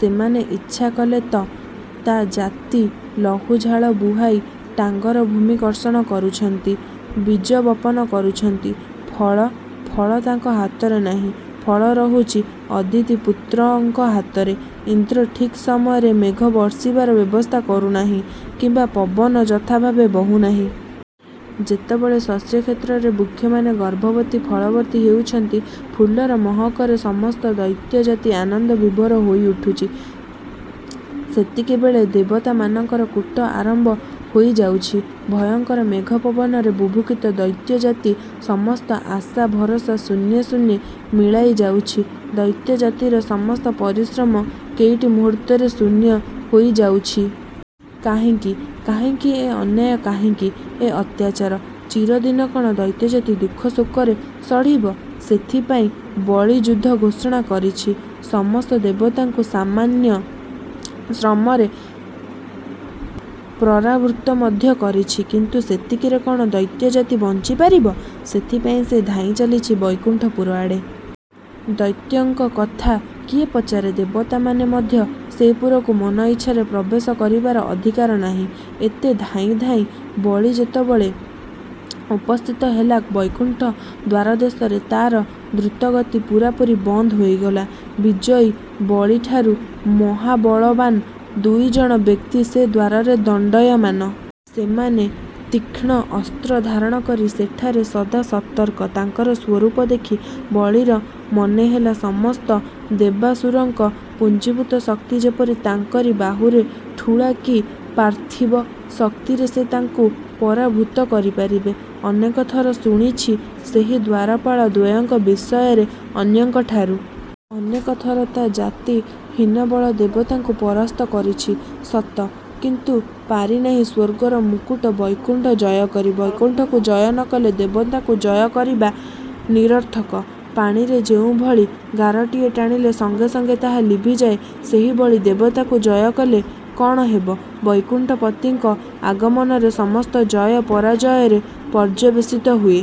ସେମାନେ ଇଚ୍ଛା କଲେ ତ! ତା ଜାତି ଲହୁ ଝାଳ ବୁହାଇ ଟାଙ୍ଗର ଭୂମି କର୍ଷଣ କରୁଛନ୍ତି, ବୀଜବପନ କରୁଛନ୍ତି ଫଳ-? ଫଳ ତାଙ୍କ ହାତରେ ନାହିଁ। ଫଳ ରହୁଛି ଅଦିତୀ ପୁତ୍ରଙ୍କ ହାତରେ। ଇନ୍ଦ୍ର ଠିକ୍ ସମୟରେ ମେଘ ବର୍ଷିବାର ବ୍ୟବସ୍ଥା କରୁନାହିଁ, କିମ୍ୱା ପବନ ଯଥା ଭାବେ ବହୁ ନାହିଁ। ଯେତେବେଳେ ଶସ୍ୟକ୍ଷେତ୍ରରେ ବୃକ୍ଷମାନେ ଗର୍ଭବତୀ, ଫଳବତୀ ହେଉଛନ୍ତି–ଫୁଲର ମହକରେ ସମସ୍ତ ଦୈତ୍ୟ ଜାତି ଆନନ୍ଦ ବିଭୋର ହୋଇ ଉଠୁଛି, ସେତିକିବେଳେ ଦେବତାମାନଙ୍କର କୂଟ ଆରମ୍ଭ ହୋଇଯାଉଛି। ଭୟଙ୍କର ମେଘ ପବନରେ ବୁଭୁକ୍ଷିତ ଦୈତ୍ୟ ଜାତି ସମସ୍ତ ଆଶା ଭରଷା ଶୂନ୍ୟେ ଶୂନ୍ୟେ ମିଳାଇଯାଉଛି। ଦୈତ୍ୟ ଜାତିର ସମସ୍ତ ପରିଶ୍ରମ କେଇଟି ମୁହୂର୍ତ୍ତରେ ଶୂନ୍ୟ ହୋଇଯାଉଛି। କାହିଁକି? କାହିଁକି ଏ ଅନ୍ୟାୟ–କାହିଁକି ଏ ଅତ୍ୟାଚାର? ଚିରଦିନ କଣ ଦୈତ୍ୟଜାତି ଦୁଃଖ ଶୋକରେ ସଢ଼ିବ? ସେଥିପାଇଁ ବଳୀ ଯୁଦ୍ଧ ଘୋଷଣା କରିଛି–ସମସ୍ତ ଦେବତାଙ୍କୁ ସାମାନ୍ୟ ଶ୍ରମରେ ପ୍ରରାଭୂତ ମଧ୍ୟ କରିଛି। କିନ୍ତୁ ସେତିକିରେ କଣ ଦୈତ୍ୟଜାତି ବଞ୍ଚି ପାରିବ? ସେଥିପାଇଁ ସେ ଧାଇଁ ଚାଲିଛି ବୈକୁଣ୍ଠପୁର ଆଡ଼େ। ଦୈତ୍ୟଙ୍କ କଥା କିଏ ପଚାରେ, ଦେବତାମାନେ ମଧ୍ୟ ସେପୁରକୁ ମନ ଇଚ୍ଛାରେ ପ୍ରବେଶ କରିବାର ଅଧିକାର ନାହିଁ। ଏତେ ଧାଇଁ ଧାଇଁ ବଳୀ ଯେତେବେଳେ ଉପସ୍ଥିତ ହେଲା ବୈକୁଣ୍ଠ ଦ୍ୱାରଦେଶରେ, ତାର ଦ୍ରୂତଗତି ପୂରାପୂରି ବନ୍ଦ ହୋଇଗଲା। ବିଜୟୀ ବଳୀଠାରୁ ମହାବଳବାନ ଦୁଇଜଣ ବ୍ୟକ୍ତି ସେ ଦ୍ୱାରରେ ଦଣ୍ଡାୟମାନ। ସେମାନେ ତୀକ୍ଷ୍ଣ ଅସ୍ତ୍ର ଧାରଣ କରି ସେଠାରେ ସଦା ସତର୍କ। ତାଙ୍କର ସ୍ୱରୂପ ଦେଖି ବଳୀର ମନେହେଲା ସମସ୍ତ ଦେବାସୁରଙ୍କ ପୁଞ୍ଜିଭୂତ ଶକ୍ତି ଯେପରି ତାଙ୍କରି ବାହୁରେ ଠୁଳା କି ପାର୍ଥିବ ଶକ୍ତିରେ ସେ ତାଙ୍କୁ ପରାଭୂତ କରିପାରିବ? ଅନେକଥର ଶୁଣିଛି ସେହି ଦ୍ୱାରପାଳ ଦ୍ୱୟଙ୍କ ବିଷୟରେ ଅନ୍ୟଙ୍କଠାରୁ। ଅନେକ ଥର ତା ଜାତି ହୀନବଳ ଦେବତାଙ୍କୁ ପରାସ୍ତ କରିଛି ସତ, କିନ୍ତୁ ପାରିନାହିଁ ସ୍ୱର୍ଗର ମୁକୁଟ ବୈକୁଣ୍ଠ ଜୟକରି। ବୈକୁଣ୍ଠକୁ ଜୟ ନ କଲେ ଦେବତାଙ୍କୁ ଜୟ କରିବା ନିରର୍ଥକ। ପାଣିରେ ଯେଉଁଭଳି ଗାରଟିଏ ଟାଣିଲେ ସଙ୍ଗେ ସଙ୍ଗେ ତାହା ଲିଭିଯାଏ, ସେହିଭଳି ଦେବତାଙ୍କୁ ଜୟ କଲେ କଣ ହେବ, ବୈକୁଣ୍ଠ ପତିଙ୍କ ଆଗମନରେ ସମସ୍ତ ଜୟ, ପରାଜୟରେ ପର୍ଯ୍ୟବେଶିତ ହୁଏ।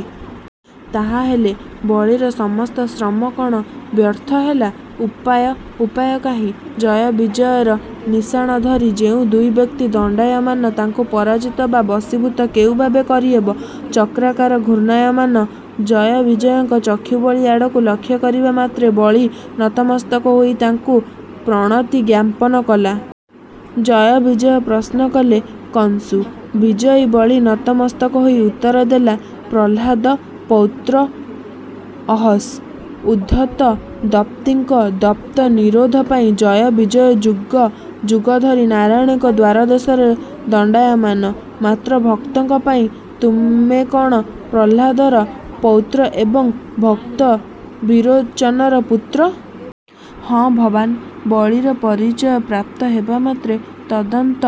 ତାହା ହେଲେ ବଳୀର ସମସ୍ତ ଶ୍ରମ କଣ ବ୍ୟର୍ଥ ହେଲା? ଉପାୟ? ଉପାୟ କାହିଁ? ଜୟ ବିଜୟର ନିଶାଣ ଧରି ଯେଉଁ ଦୁଇ ବ୍ୟକ୍ତି ଦଣ୍ଡାୟମାନ ତାଙ୍କୁ ପରାଜିତ ବା ବଶୀଭୂତ କେଉଁ ଭାବେ କରିହେବ? ଚକ୍ରାକାର ଘୂର୍ଣ୍ଣାୟମାନ ଜୟ ବିଜୟଙ୍କ ଚକ୍ଷୁ ବଳୀ ଆଡ଼କୁ ଲକ୍ଷ୍ୟକରିବା ମାତ୍ରେ ବଳୀ ନତ ମସ୍ତକ ହୋଇ ତାଙ୍କୁ ପ୍ରଣତି ଜ୍ଞାପନ କଲା। ଜୟ ବିଜୟ ପ୍ରଶ୍ନ କଲେ କସ୍ତୁଂ? ବିଜୟୀ ବଳୀ ନତ ମସ୍ତକ ହୋଇ ଉତ୍ତର ଦେଲା 'ପ୍ରହ୍ଲାଦ ପୌତ୍ର ଅହସ୍'। ଉଦ୍ଧତ ଦର୍ପୀଙ୍କ ଦର୍ପ ନିରୋଧ ପାଇଁ ଜୟ ବିଜୟ ଯୁଗ ଯୁଗ ଧରି ନାରାୟଣଙ୍କ ଦ୍ୱାର ଦେଶରେ ଦଣ୍ଡାୟମାନ। ମାତ୍ର ଭକ୍ତଙ୍କ ପାଇଁ? ତୁମେ କଣ ପ୍ରହ୍ଲାଦର ପୌତ୍ର ଏବଂ ଭକ୍ତ ବିରୋଚନର ପୁତ୍ର? ହଁ ଭବାନ୍। ବଳୀର ପରିଚୟ ପ୍ରାପ୍ତ ହେବାମାତ୍ରେ ତଦଣ୍ଡ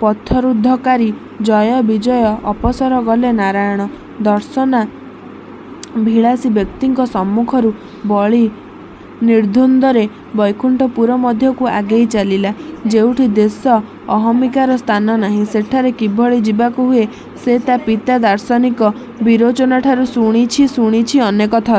ପଥରୁଦ୍ଧକାରୀ ଜୟ ବିଜୟ ଅପସର ଗଲେ ନାରାୟଣ ଦର୍ଶନାଭିଳାସୀ ବ୍ୟକ୍ତିଙ୍କ ସମ୍ମୁଖରୁ। ବଳୀ ନିର୍ଦ୍ଦୋନ୍ଦରେ ବୈକୁଣ୍ଠ ପୁର ମଧ୍ୟକୁ ଆଗେଇ ଚାଲିଲା। ଯେଉଁଠି ଦେଶ ଅହମିକାର ସ୍ଥାନ ନାହିଁ, ସେଠାରେ କିଭଳି ଯିବାକୁ ହୁଏ ସେ ତା ପିତା ଦାର୍ଶନିକ ବିରୋଚନଠାରୁ ଶୁଣିଛି–ଶୁଣିଛି ଅନେକ ଥର